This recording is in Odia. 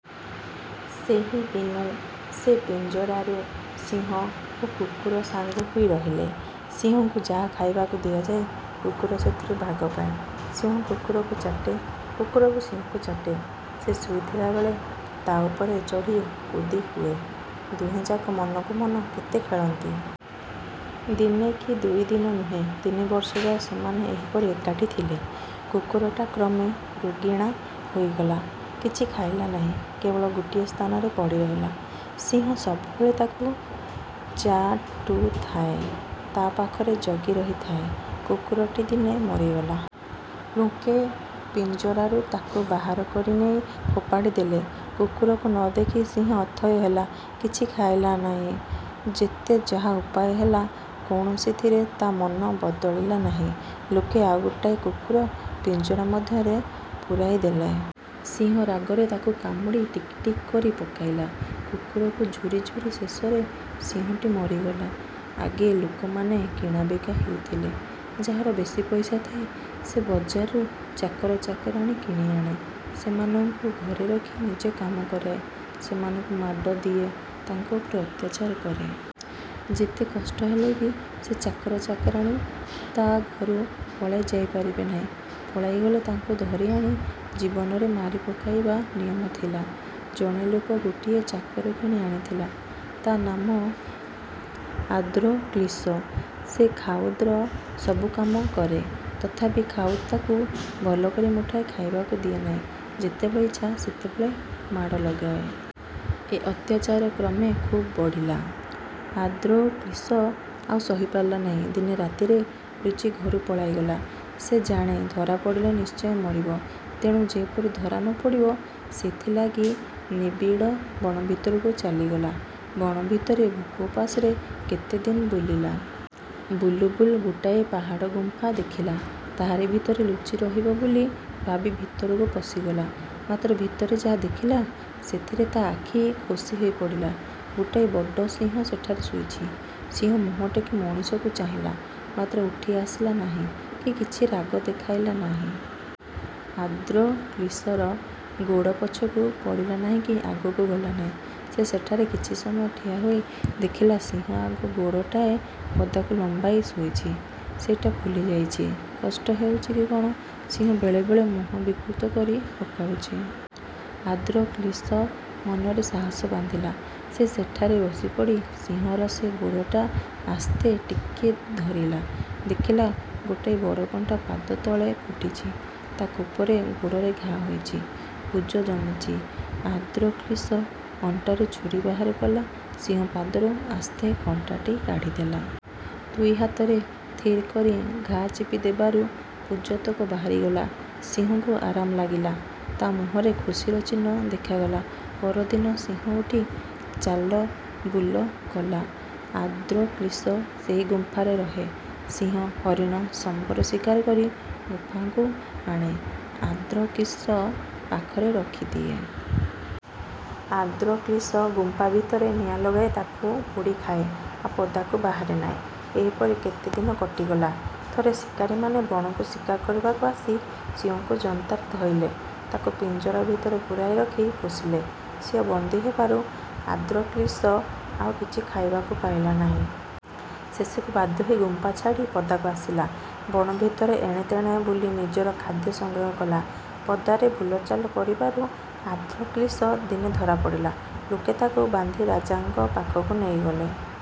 ସେହି ଦିନୁ ସେ ପିଞ୍ଜରାରେ ସିଂହ ଓ କୁକୁର ସାଙ୍ଗ ହୋଇ ରହିଲେ। ସିଂହକୁ ଯାହା ଖାଇବାକୁ ଦିଆଯାଏ, କୁକୁର ସେଥିରୁ ଭାଗ ପାଏ। ସିଂହ କୁକୁରକୁ ଚାଟେ; କୁକୁର ବି ସିଂହକୁ ଚାଟେ। ସେ ଶୋଇଥିଲା ବେଳେ ତା'ଉପରେ ଚଢ଼ି କୁଦି ହୁଏ। ଦୁହେଁଯାକ ମନକୁ ମନ କେତେ ଖେଳନ୍ତି। ଦିନେ କି ଦୁଇ ଦିନ ନୁହେଁ, ତିନି ବର୍ଷଯାଏ ସେମାନେ ଏହିପରି ଏକାଠି ଥିଲେ। କୁକୁରଟା କ୍ରମେ ରୋଗିଣା ହୋଇଗଲା, କିଛି ଖାଇଲା ନାହିଁ-କେବଳ ଗୋଟିଏ ସ୍ଥାନରେ ପଡ଼ିରହିଲା। ସିଂହ ସବୁବେଳେ ତାକୁ ଚ। ଟୁଥାଏ, ତା' ପାଖରେ ଜଗି ରହିଥାଏ। କୁକୁରଟି ଦିନେ ମରିଗଲା। ଲୋକେ ପିଞ୍ଜରାରୁ ତାକୁ ବାହାର କରି ନେଇ ଫୋପାଡ଼ି ଦେଲେ। କୁକୁରକୁ ନ ଦେଖି ସିଂହ ଅଥୟ ହେଲା, କିଛି ଖାଇଲା ନ। ହିଁ। ଯେତେ ଯାହା ଉପାୟ ହେଲା, କୌଣସିଥିରେ ତା' ମନ ବଦଳିଲା ନାହିଁ। ଲୋକେ ଆଉ ଗୋଟାଏ କୁକୁର ପିଞ୍ଜରା ମଧ୍ୟରେ ପୁରାଇ ଦେଲେ। ସିଂହ ରାଗରେ ତାକୁ କାମୁଡ଼ି ଟିକିଟିକି କରି ପକାଇଲା। କୁକୁରକୁ ଝୁରିଝୁରି ଶେଷରେ ସିଂହଟି ମରିଗଲା। ଆଗେ ଲୋକମାନେ କିଣାବିକା ହେଉଥିଲେ। ଯାହାର ବେଶୀ ପଇସା ଥାଏ, ସେ ବଜାରରୁ ଚାକର ଚାକରାଣୀ କିଣି ଆଣେ। ସେମାନଙ୍କୁ ଘରେ ରଖି ନିଜ କାମ କରାଏ। ସେମାନଙ୍କୁ ମାଡ଼ ଦିଏ, ତାଙ୍କ ଉପରେ ଅତ୍ୟାଚାର କରେ। ଯେତେ କଷ୍ଟ ହେଲେ ବି ସେ ଚାକର ଚାକରାଣୀ ତା' ଘରୁ ପଳାଇ ଯାଇପାରିବେ ନାହିଁ। ପଳାଇଗଲେ ତାଙ୍କୁ ଧରି ଆଣି ଜୀବନରେ ମାରିପକାଇବା ନିୟମ ଥିଲା। ଜଣେ ଲୋକ ଗୋଟିଏ ଚାକର କିଣି ଆଣିଥିଲା। ତା' ନାମ ଆନ୍ଦ୍ରୋକ୍ଳିସ। ସେ ଖାଉନ୍ଦର ସବୁ କାମ କରେ; ତଥାପି ଖାଉନ୍ଦ ତାକୁ ଭଲକରି ମୁଠାଏ ଖାଇବାକୁ ଦିଏ ନାହିଁ, ଯେତେବେଳେ ଇଚ୍ଛା ସେତେବେଳେ ମାଡ଼ ଲଗାଏ। ଏ ଅତ୍ୟାଚାର କ୍ରମେ ଖୁବ୍ ବଢ଼ିଲା। ଆନ୍ଦ୍ରୋକ୍ଳିସ ଆଉ ସହିପାରିଲା ନାହିଁ। ଦିନେ ରାତିରେ ଲୁଚି ଘରୁ ପଳାଇଗଲା। ସେ ଜାଣେ, ଧରାପଡ଼ିଲେ ନିଶ୍ଚୟ ମରିବ। ତେଣୁ ଯେପରି ଧରା ନ ପଡ଼ିବ, ସେଇଥିଲାଗି ନିବିଡ଼ ବଣ ଭିତରକୁ ଚାଲିଗଲା। ବଣ ଭିତରେ ଭୋକ ଉପାସରେ କେତେ ଦିନ ବୁଲିଲା। ବୁଲୁ ବୁଲୁ ଗୋଟାଏ ପାହାଡ଼ ଗୁମ୍ଫା ଦେଖିଲା, ତାହାରି ଭିତରେ ଲୁଚି ରହିବ ବୋଲି ଭାବି ଭିତରକୁ ପଶିଗଲା। ମାତ୍ର ଭିତରେ ଯାହା ଦେଖିଲା, ସେଥିରେ ତା' ଆଖି ଖୋସି ହୋଇପଡ଼ିଲା। ଗୋଟାଏ ବଡ ସିଂହ ସେଠାରେ ଶୋଇଛି। ସିଂହ ମୁହଁ ଟେକି ମଣିଷକୁ ଚାହିଁଲା; ମାତ୍ର ଉଠି ଆସିଲା ନାହିଁ କି କିଛି ରାଗ ଦେଖାଇଲା ନାହିଁ। ଆନ୍ଦ୍ରୋକ୍ଳିସର ଗୋଡ଼ ପଛକୁ ପଡ଼ିଲା ନାହିଁ କି ଆଗକୁ ଗଲା ନାହିଁ। ସେ ସେଠାରେ କିଛି ସମୟ ଠିଆ ହୋଇ ଦେଖିଲା, ସିଂହ ଆଗ ଗୋଡ଼ଟାଏ ପଦାକୁ ଲମ୍ବାଇ ଶୋଇଛି, ସେଇଟା ଫୁଲି ଯାଇଛି। କଷ୍ଟ ହେଉଛି କି କ'ଣ, ସିଂହ ବେଳେବେଳେ ମୁହଁ ବିକୃତ କରି ପକାଉଛି। ଆନ୍ଦ୍ରୋକ୍ଳିସ ମନରେ ସାହସ ବାନ୍ଧିଲା। ସେ ସେଠାରେ ବସି ପଡ଼ି ସିଂହର ସେ ଗୋଡ଼ଟା ଆସ୍ତେ ଟେକି ଧରିଲା। ଦେଖିଲା, ଗୋଟାଏ ବଡ଼ କଣ୍ଟା ପାଦତଳେ ଫୁଟିଛି; ତା' କୋପରେ ଗୋଡ଼ରେ ଘା ହୋଇଛି, ପୁଜ ଜମିଛି। ଆନ୍ଦ୍ରୋକ୍ଳିସ ଅଣ୍ଟାରୁ ଛୁରୀ ବାହାର କଲା। ସିଂହ ପାଦରୁ ଆସ୍ତେ କଣ୍ଟାଟି କାଢ଼ିଦେଲା। ଦୁଇ ହାତରେ ଥିର୍ କରି ଘା ଚିପି ଦେବାରୁ ପୁଜତକ ବାହାରିଗଲା। ସିଂହକୁ ଆରାମ ଲାଗିଲା; ତା' ମୁହଁରେ ଖୁସିର ଚିହ୍ନ ଦେଖାଗଲା। ପରଦିନ ସିଂହ ଉଠି ଚାଲବୁଲ କଲା। ଆନ୍ଦ୍ରୋକ୍ଳିସ ସେହି ଗୁମ୍ପାରେ ରହେ। ସିଂହ, ହରିଣ, ସମ୍ବର ଶିକାର କରି ଗୁମ୍ପାକୁ ଆଣେ; ଆନ୍ଦ୍ରୋକ୍ଳିସ ପାଖରେ ରଖିଦିଏ। ଆନ୍ଦ୍ରୋକ୍ଳିସ ଗୁମ୍ଫା ଭିତରେ ନିଆଁ ଲଗାଇ ତାକୁ ପୋଡ଼ି ଖାଏ। ଆଉ ପଦାକୁ ବାହାରେ ନାହିଁ। ଏହିପରି କେତେକ ଦିନ କଟିଗଲା। ଥରେ ଶିକାରୀମାନେ ବଣକୁ ଶିକାର କରିବାକୁ ଆସି ସିଂହକୁ ଜନ୍ତାରେ ଧଇଲେ; ତାକୁ ପିଞ୍ଜରା ଭିତରେ ପୂରାଇ ରଖି ପୋଷିଲେ। ସିଂହ ବନ୍ଦୀ ହେବାରୁ ଆନ୍ଦ୍ରୋକ୍ଳିସ ଆଉ କିଛି ଖାଇବାକୁ ପାଇଲା ନାହିଁ। ଶେଷକୁ ବାଧ୍ୟ ହୋଇ ଗୁମ୍ଫା ଛାଡ଼ି ପଦାକୁ ଆସିଲା। ବଣ ଭିତରେ ଏଣେ ତେଣେ ବୁଲି ନିଜର ଖାଦ୍ୟ ସଂଗ୍ରହ କଲା। ପଦାରେ ବୁଲଚାଲ କରିବାରୁ ଆନ୍ଦ୍ରୋକ୍ଳିସ। ଦିନେ ଧରା ପଡ଼ିଲା। ଲୋକେ ତାକୁ ବାନ୍ଧି ରାଜାଙ୍କ ପାଖକୁ ନେଇଗଲେ।